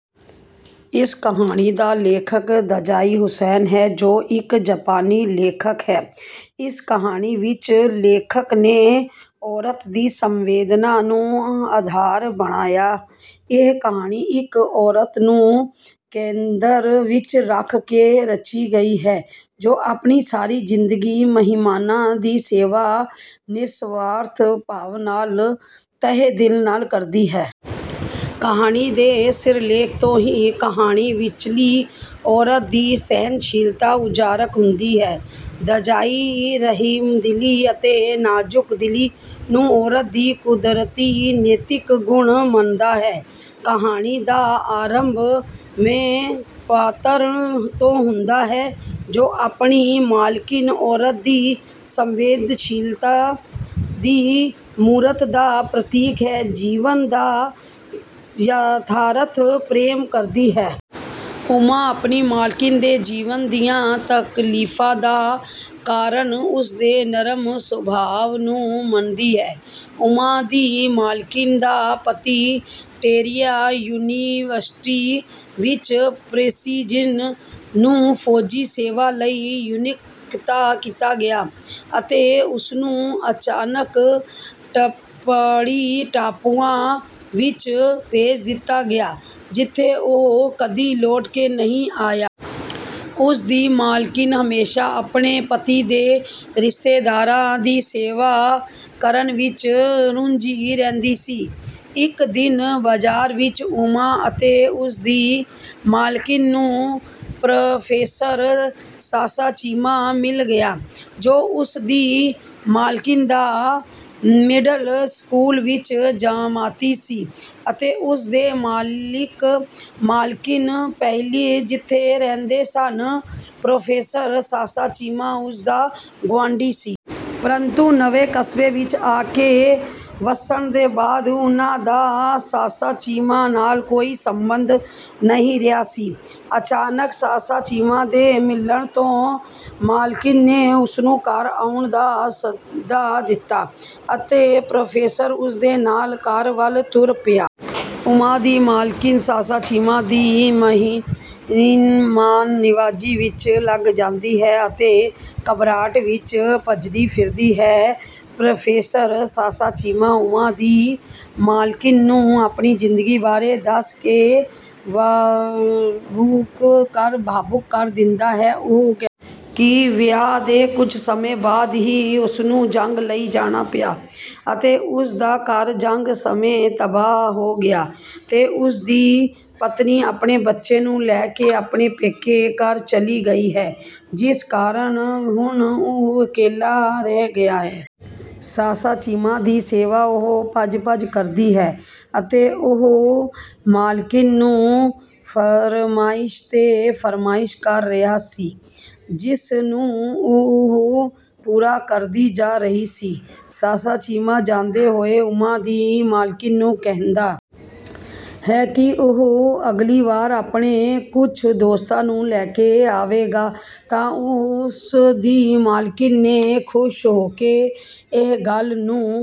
ਇਸ ਕਹਾਣੀ ਦਾ ਲੇਖਕ ਦਜ਼ਾਈ ਓਸਾਮੂ ਹੈ ਜੋ ਇੱਕ ਜਪਾਨੀ ਲੇਖਕ ਹੈ। ਇਸ ਕਹਾਣੀ ਵਿੱਚ ਲੇਖਕ ਨੇ ਔਰਤ ਦੀ ਸੰਵੇਦਨਾ ਨੂੰ ਆਧਾਰ ਬਣਾਇਆ। ਇਹ ਕਹਾਣੀ ਇੱਕ ਔਰਤ ਨੂੰ ਕੇਂਦਰ ਵਿੱਚ ਰੱਖ ਕੇ ਰਚੀ ਗਈ ਹੈ ਜੋ ਆਪਣੀ ਸਾਰੀ ਜ਼ਿੰਦਗੀ ਮਹਿਮਾਨਾਂ ਦੀ ਸੇਵਾ ਨਿਰਸਵਾਰਥ ਭਾਵ ਅਤੇ ਤਹਿ ਦਿਲ ਨਾਲ ਕਰਦੀ ਹੈ। ਕਹਾਣੀ ਦੇ ਸਿਰਲੇਖ ਤੋਂ ਹੀ ਕਹਾਣੀ ਵਿਚਲੀ ਔਰਤ ਦੀ ਸਹਿਨਸ਼ੀਲਤਾ ਉਜਾਗਰ ਹੁੰਦੀ ਹੈ। ਦਜ਼ਾਈ ਰਹਿਮਦਿਲੀ ਅਤੇ ਨਾਜ਼ੁਕ ਦਿਲੀ ਨੂੰ ਔਰਤ ਦੀ ਕੁਦਰਤੀ ਨੈਤਿਕ ਗੁਣ ਮੰਨਦਾ ਹੈ। ਕਹਾਣੀ ਦਾ ਆਰੰਭ ਮੈਂ ਪਾਤਰ ਤੋਂ ਹੁੰਦਾ ਹੈ ਜੋ ਆਪਣੀ ਮਾਲਕਿਨ, ਔਰਤ ਦੀ ਸੰਵੇਦਨਸ਼ੀਲਤਾ ਦੀ ਮੂਰਤ ਦਾ ਪ੍ਰਤੀਕ, ਦੇ ਜੀਵਨ ਦਾ ਯਥਾਰਥ ਪੇਸ਼ ਕਰਦੀ ਹੈ। ਉਮਾ ਆਪਣੀ ਮਾਲਕਿਨ ਦੇ ਜੀਵਨ ਦੀਆਂ ਤਕਲੀਫਾਂ ਦਾ ਕਾਰਨ ਉਸ ਦੇ ਨਰਮ ਸੁਭਾਅ ਨੂੰ ਮੰਨਦੀ ਹੈ। ਉਮਾ ਦੀ ਮਾਲਕਿਨ ਦਾ ਪਤੀ ਟੋਕੀਯੋ ਯੂਨੀਵਰਸਿਟੀ ਵਿੱਚ ਪ੍ਰੋਸੀ ਜਿਸ ਨੂੰ ਫੌਜੀ-ਸੇਵਾ ਲਈ ਨਿਯੁਕਤ ਕੀਤਾ ਗਿਆ ਅਤੇ ਉਸਨੂੰ ਅਚਾਨਕ ਦੱਖਣੀ ਟਾਪੂਆਂ ਵਿੱਚ ਭੇਜ ਦਿੱਤਾ ਗਿਆ ਜਿਥੋਂ ਉਹ ਕਦੀ ਲੋਟ ਕੇ ਨਹੀਂ ਆਇਆ। ਉਸ ਦੀ ਮਾਲਕਿਨ ਹਮੇਸ਼ਾ ਆਪਣੇ ਪਤੀ ਦੇ ਰਿਸ਼ਤੇਦਾਰਾਂ ਦੀ ਸੇਵਾ ਕਰਨ ਵਿੱਚ ਰੁੱਝੀ ਰਹਿੰਦੀ ਸੀ। ਇੱਕ ਦਿਨ ਬਜ਼ਾਰ ਵਿੱਚ ਉਮਾ ਅਤੇ ਉਸ ਦੀ ਮਾਲਕਿਨ ਨੂੰ ਪ੍ਰੋਫੈਸਰ ਸਾਸਾਜੀਮਾ ਮਿਲ ਗਿਆ ਜੋ ਉਸ ਦੀ ਮਾਲਕਿਨ ਦਾ ਮਿਡਲ ਸਕੂਲ ਵਿੱਚ ਜਮਾਤੀ ਸੀ ਅਤੇ ਉਸ ਦੇ ਮਾਲਿਕ ਮਾਲਕਿਨ ਪਹਿਲਾਂ ਜਿਥੇ ਰਹਿੰਦੇ ਸਨ ਪ੍ਰੋਫੈਸਰ ਸਾਸਾਜੀਮਾ ਉਹਨਾਂ ਦਾ ਗੁਆਂਡੀ ਸੀ। ਪਰੰਤੂ ਨਵੇਂ ਕਸਬੇ ਵਿੱਚ ਆ ਕੇ ਵਸਣ ਤੋਂ ਬਾਅਦ ਉਹਨਾਂ ਦਾ ਸਾਸਾਜੀਮਾ ਨਾਲ ਕੋਈ ਸੰਬਧ ਨਹੀਂ ਰਿਹਾ ਸੀ। ਅਚਾਨਕ ਸਾਸਾਜੀਮਾ ਦੇ ਮਿਲਣ ਤੋਂ ਮਾਲਕਿਨ ਨੇ ਉਸਨੂੰ ਘਰ ਆਉਣ ਦਾ ਸੱਦਾ ਦਿੱਤਾ ਅਤੇ ਪ੍ਰੋਫੈਸਰ ਉਸ ਦੇ ਨਾਲ ਘਰ ਵਾਲ ਤੁਰ ਪਿਆ। ਉਮਾ ਦੀ ਮਾਲਕਿਨ ਸਾਸਾਜੀਮਾ ਦੀ ਮਹਿਮਾਨ ਨਿਵਾਜ਼ੀ ਵਿੱਚ ਲੱਗ ਜਾਂਦੀ ਹੈ ਅਤੇ ਘਬਰਾਹਟ ਵਿੱਚ ਭੱਜਦੀ ਫਿਰਦੀ ਹੈ। ਪ੍ਰੋਫੈਸਰ ਸਾਸਾਜਿਮਾ, ਉਮਾ ਦੀ ਮਾਲਕਿਨ ਨੂੰ ਆਪਣੀ ਜ਼ਿੰਦਗੀ ਬਾਰੇ ਦੱਸ ਕੇ ਭਾਵੁਕ ਕਰ ਦਿੰਦਾ ਹੈ। ਉਹ ਕਹਿੰਦਾ ਹੈ ਕਿ ਵਿਆਹ ਤੋਂ ਕੁੱਝ ਸਮੇਂ ਬਾਅਦ ਹੀ ਉਸਨੂੰ ਜੰਗ ਲਈ ਜਾਣਾ ਪਿਆ ਅਤੇ ਉਸ ਦਾ ਘਰ ਜੰਗ ਸਮੇਂ ਤਬਾਹ ਹੋ ਗਿਆ ਤੇ ਉਸ ਦੀ ਪਤਨੀ ਆਪਣੇ ਬੱਚੇ ਨੂੰ ਲੈ ਕੇ ਆਪਣੇ ਪੇਕੇ ਘਰ ਚਲੀ ਗਈ ਹੈ ਜਿਸ ਕਾਰਨ ਹੁਣ ਓਹ ਇਕੱਲਾ ਰਹਿ ਗਿਆ ਹੈ। ਸਾਸਾਜੀਮਾ ਦੀ ਸੇਵਾ ਉਹ ਭੱਜ-ਭੱਜ ਕਰਦੀ ਹੈ ਅਤੇ ਉਹ ਮਾਲਕਿਨ ਨੂੰ ਫਰਮਾਇਸ਼ ਤੇ ਫਰਮਾਇਸ਼ ਕਰ ਰਿਹਾ ਸੀ ਜਿਸ ਨੂੰ ਉਹ ਪੂਰਾ ਕਰਦੀ ਜਾ ਰਹੀ ਸੀ। ਸਾਸਾਜੀਮਾ ਜਾਂਦੇ ਹੋਏ ਉਮਾ ਦੀ ਮਾਲਕਿਨ ਨੂੰ ਕਹਿੰਦਾ ਹੈ ਕਿ ਉਹ ਅਗਲੀ ਵਾਰ ਆਪਣੇ ਕੁੱਝ ਦੋਸਤਾਂ ਨੂੰ ਲੈ ਕੇ ਆਵੇਗਾ ਤਾਂ ਉਸ ਦੀ ਮਾਲਕਿਨ ਨੇ ਖੁਸ਼ ਹੋ ਕੇ ਇਸ ਗੱਲ ਨੂੰ